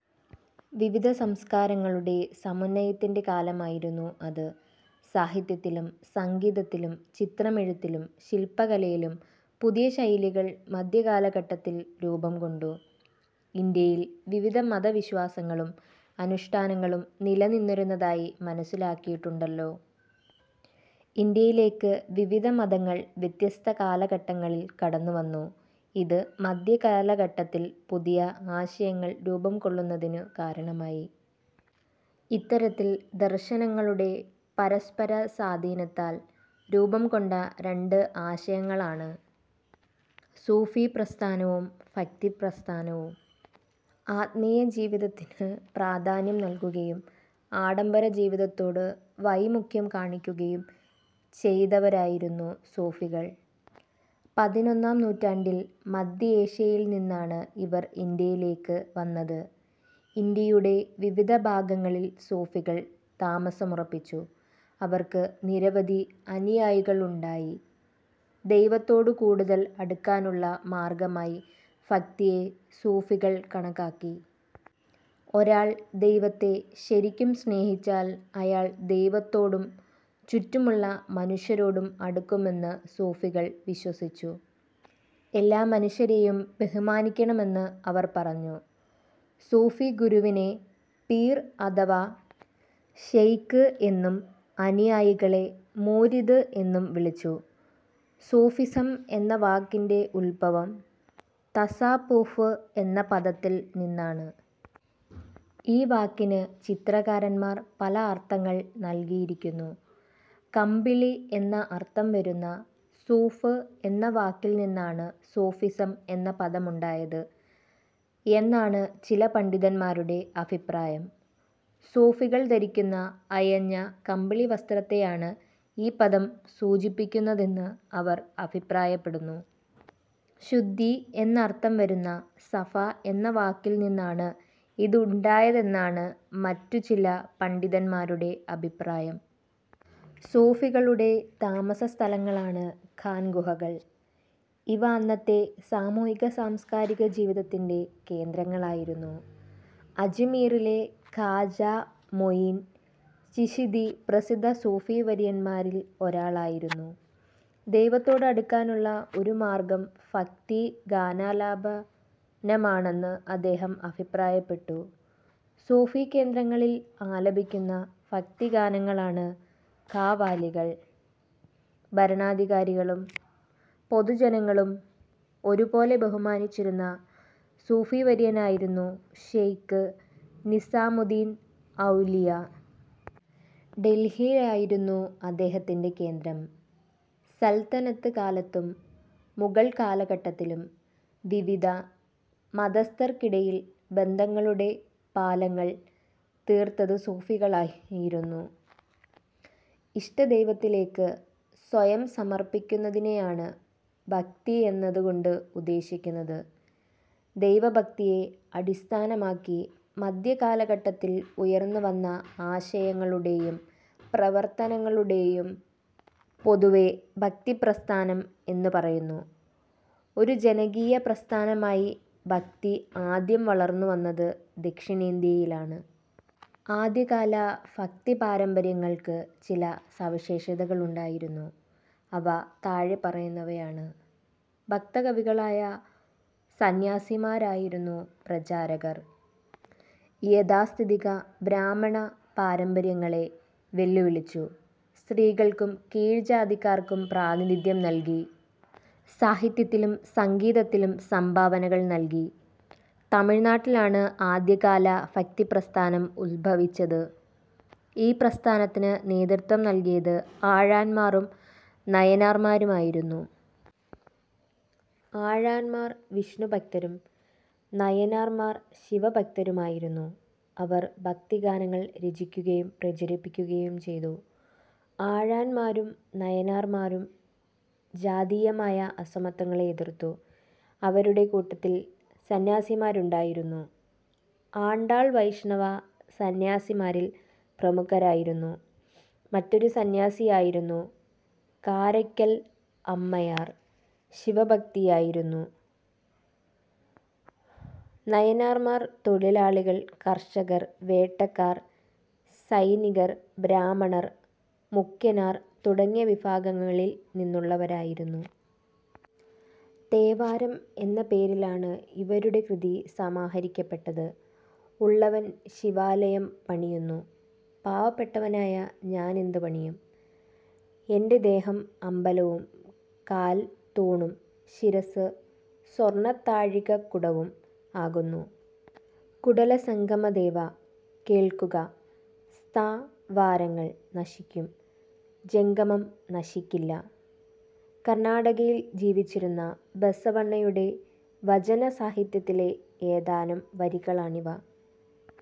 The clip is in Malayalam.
വിവിധ സംസ്കാരങ്ങളുടെ സമന്വയത്തിന്റെ കാലമായിരുന്നു അത്. സാഹിത്യത്തിലും സംഗീതത്തിലും ചിത്രമെഴുത്തിലും ശില്പകലയിലും പുതിയ ശൈലികൾ മധ്യകാലഘട്ടത്തിൽ രൂപം കൊണ്ടു. ഇന്ത്യയിൽ വിവിധ മതവിശ്വാസങ്ങളും അനുഷ്ഠാനങ്ങളും നിലനിന്നിരുന്നതായി മനസ്സിലാക്കിയിട്ടുണ്ടല്ലോ. ഇന്ത്യയിലേക്ക് വിവിധ മതങ്ങൾ വ്യത്യസ്ത കാലഘട്ടങ്ങളിൽ കടന്നുവന്നു. ഇത് മധ്യകാലഘട്ടത്തിൽ പുതിയ ആശയങ്ങൾ രൂപം കൊള്ളുന്നതിനു കാരണമായി. ഇത്തരത്തിൽ ദർശനങ്ങളുടെ പരസ്പരസ്വാധീനത്താൽ രൂപംകൊണ്ട രണ്ട് ആശയങ്ങളാണ് സൂഫിപ്രസ്ഥാനവും ഭക്തിപ്രസ്ഥാനവും. ആത്മീയ ജീവിതത്തിനു പ്രാധാന്യം നൽകുകയും ആഡംബരജീവിതത്തോട് വൈമുഖ്യം കാണിക്കുകയും ചെയ്തവരായിരുന്നു സൂഫികൾ. പതിനൊന്നാം നൂറ്റാണ്ടിൽ മധ്യേഷ്യയിൽ നിന്നാണ് ഇവർ ഇന്ത്യയിലേക്കു വന്നത്. ഇന്ത്യയുടെ വിവിധ ഭാഗങ്ങളിൽ സൂഫികൾ താമസമുറപ്പിച്ചു. അവർക്ക് നിരവധി അനുയായികളുണ്ടായി. ദൈവത്തോടു കൂടുതൽ അടുക്കാനുള്ള മാർഗമായി ഭക്തിയെ സൂഫികൾ കണക്കാക്കി. ഒരാൾ ദൈവത്തെ ശരിക്കും സ്നേഹിച്ചാൽ അയാൾ ദൈവത്തോടും ചുറ്റുമുള്ള മനുഷ്യരോടും അടുക്കുമെന്ന് സൂഫികൾ വിശ്വസിച്ചു. എല്ലാ മനുഷ്യരെയും ബഹുമാനിക്കണമെന്ന് അവർ പറഞ്ഞു. സൂഫിഗുരുവിനെ പീർ അഥവാ ശെയ്ഖ് എന്നും അനുയായികളെ മുരീദ് എന്നും വിളിച്ചു. സൂഫിസം എന്ന വാക്കിന്റെ ഉത്ഭവം തസപ്പൂഫ് എന്ന പദത്തിൽ നിന്നാണ്. ഈ വാക്കിന് ചരിത്രകാരന്മാർ പല അർഥങ്ങൾ നൽകിയിരിക്കുന്നു. കമ്പിളി എന്ന അർഥം വരുന്ന സൂഫ് എന്ന വാക്കിൽ നിന്നാണ് സൂഫിസം എന്ന പദമുണ്ടായത് എന്നാണ് ചില പണ്ഡിതന്മാരുടെ അഭിപ്രായം. സൂഫികൾ ധരിക്കുന്ന അയഞ്ഞ കമ്പിളിവസ്ത്രത്തെയാണ് ഈ പദം സൂചിപ്പിക്കുന്നതെന്ന് അവർ അഭിപ്രായപ്പെടുന്നു. ശുദ്ധി എന്നർഥം വരുന്ന സഫ എന്ന വാക്കിൽനിന്നാണ് ഇതുണ്ടായതെന്നാണ് മറ്റു ചില പണ്ഡിതന്മാരുടെ അഭിപ്രായം. സൂഫികളുടെ താമസസ്ഥലങ്ങളാണ് ഖാൻ ഗാഹുകൾ. ഇവ അന്നത്തെ സാമൂഹിക സാംസ്കാരിക ജീവിതത്തിന്റെ കേന്ദ്രങ്ങളായിരുന്നു. അജ്മീറിലെ ഖ്വാജാ മൊയീൻ ചിശ്തി പ്രസിദ്ധ സൂഫി വര്യന്മാരിൽ ഒരാളായിരുന്നു. ദൈവത്തോട് അടുക്കാനുള്ള ഒരു മാർഗം ഭക്തി ഗാനാലാപനമാണെന്ന് അദ്ദേഹം അഭിപ്രായപ്പെട്ടു. സൂഫീ കേന്ദ്രങ്ങളിൽ ആലപിക്കുന്ന ഭക്തിഗാനങ്ങളാണ് ഖവാലികൾ. ഭരണാധികാരികളും പൊതുജനങ്ങളും ഒരു പോലെ ബഹുമാനിച്ചിരുന്ന സൂഫീവര്യനായിരുന്നു ശെയ്ഖ് നിസാമുദ്ദീൻ ഔലിയ. ഡൽഹിയിലായിരുന്നു അദ്ദേഹത്തിന്റെ കേന്ദ്രം. സൽത്തനത്ത് കാലത്തും മുഗൾ കാലഘട്ടത്തിലും വിവിധ മതസ്ഥർക്കിടയിൽ ബന്ധങ്ങളുടെ പാലങ്ങൾ തീർത്തത് സൂഫികളായിരുന്നു. ഇഷ്ടദൈവത്തിലേക്ക് സ്വയം സമർപ്പിക്കുന്നതിനെയാണ് ഭക്തി എന്നതു കൊണ്ട് ഉദേശിക്കുന്നത്. ദൈവഭക്തിയെ അടിസ്ഥാനമാക്കി മധ്യകാലഘട്ടത്തിൽ ഉയർന്നുവന്ന ആശയങ്ങളുടെയും പ്രവർത്തനങ്ങളുടെയും പൊതുവെ ഭക്തി പ്രസ്ഥാനം എന്നു പറയുന്നു. ഒരു ജനകീയപ്രസ്ഥാനമായി ഭക്തി ആദ്യം വളർന്നു വന്നത് ദക്ഷിണേന്ത്യയിലാണ്. ആദ്യകാല ഭക്തിപാരമ്പര്യങ്ങൾക്ക് ചില സവിശേഷതകൾ ഉണ്ടായിരുന്നു. അവ താഴെ പറയുന്നവയാണ്. ഭക്തകവികളായ സന്ന്യാസിമാരായിരുന്നു പ്രചാരകർ. യാഥാസ്ഥിതിക ബ്രാഹ്മണ പാരമ്പര്യങ്ങളെ വെല്ലുവിളിച്ചു. സ്ത്രീകൾക്കും കീഴ്ജാതിക്കാർക്കും പ്രാതിനിധ്യം നൽകി. സാഹിത്യത്തിലും സംഗീതത്തിലും സംഭാവനകൾ നൽകി. തമിഴ്നാട്ടിലാണ് ആദ്യകാല ഭക്തിപ്രസ്ഥാനം ഉദ്ഭവിച്ചത്. ഈ പ്രസ്ഥാനത്തിനു നേതൃത്വം നൽകിയത് ആഴ്വാർമാരും നായനാർമാരുമായിരുന്നു. ആഴ്വാൻമാർ വിഷ്ണുഭക്തരും നായനാർമാർ ശിവഭക്തരുമായിരുന്നു. അവർ ഭക്തിഗാനങ്ങൾ രചിക്കുകയും പ്രചരിപ്പിക്കുകയും ചെയ്തു. ആഴ്വാൻമാരും നായനാർമാരും ജാതീയമായ അസമത്വങ്ങളെ എതിർത്തു. അവരുടെ കൂട്ടത്തിൽ സന്ന്യാസിനിമാരുമുണ്ടായിരുന്നു. ആണ്ടാൾ വൈഷ്ണവ, സന്ന്യാസിനിമാരിൽ പ്രമുഖയായിരുന്നു. മറ്റൊരു സന്ന്യാസിനിയായിരുന്ന കാരയ്ക്കൽ അമ്മയാർ ശിവഭക്തയായിരുന്നു. നായനാർമാർ തൊഴിലാളികൾ, കർഷകർ, വേട്ടക്കാർ, സൈനികർ, ബ്രാഹ്മണർ, മുഖ്യനാർ തുടങ്ങിയ വിഭാഗങ്ങളിൽ നിന്നുള്ളവരായിരുന്നു. തേവാരം എന്ന പേരിലാണ് ഇവരുടെ കൃതിസമാഹരിക്കപ്പെട്ടത്. ഉള്ളവൻ ശിവാലയം പണിയുന്നു. പാവപ്പെട്ടവനായ ഞാൻ എന്തു പണിയും? എന്റെ ദേഹം അമ്പലവും കാൽ തൂണും ശിരസ്സ് സ്വർണത്താഴികക്കുടവും ആകുന്നു. കുടലസംഗമദേവാ കേൾക്കുക സ്ഥാവരങ്ങൾ നശിക്കും, ജംഗമം നശിക്കില്ല. കർണാടകയിൽ ജീവിച്ചിരുന്ന ബസവണ്ണയുടെ വചന സാഹിത്യ ത്തിലെ ഏതാനും വരികളാണിവ.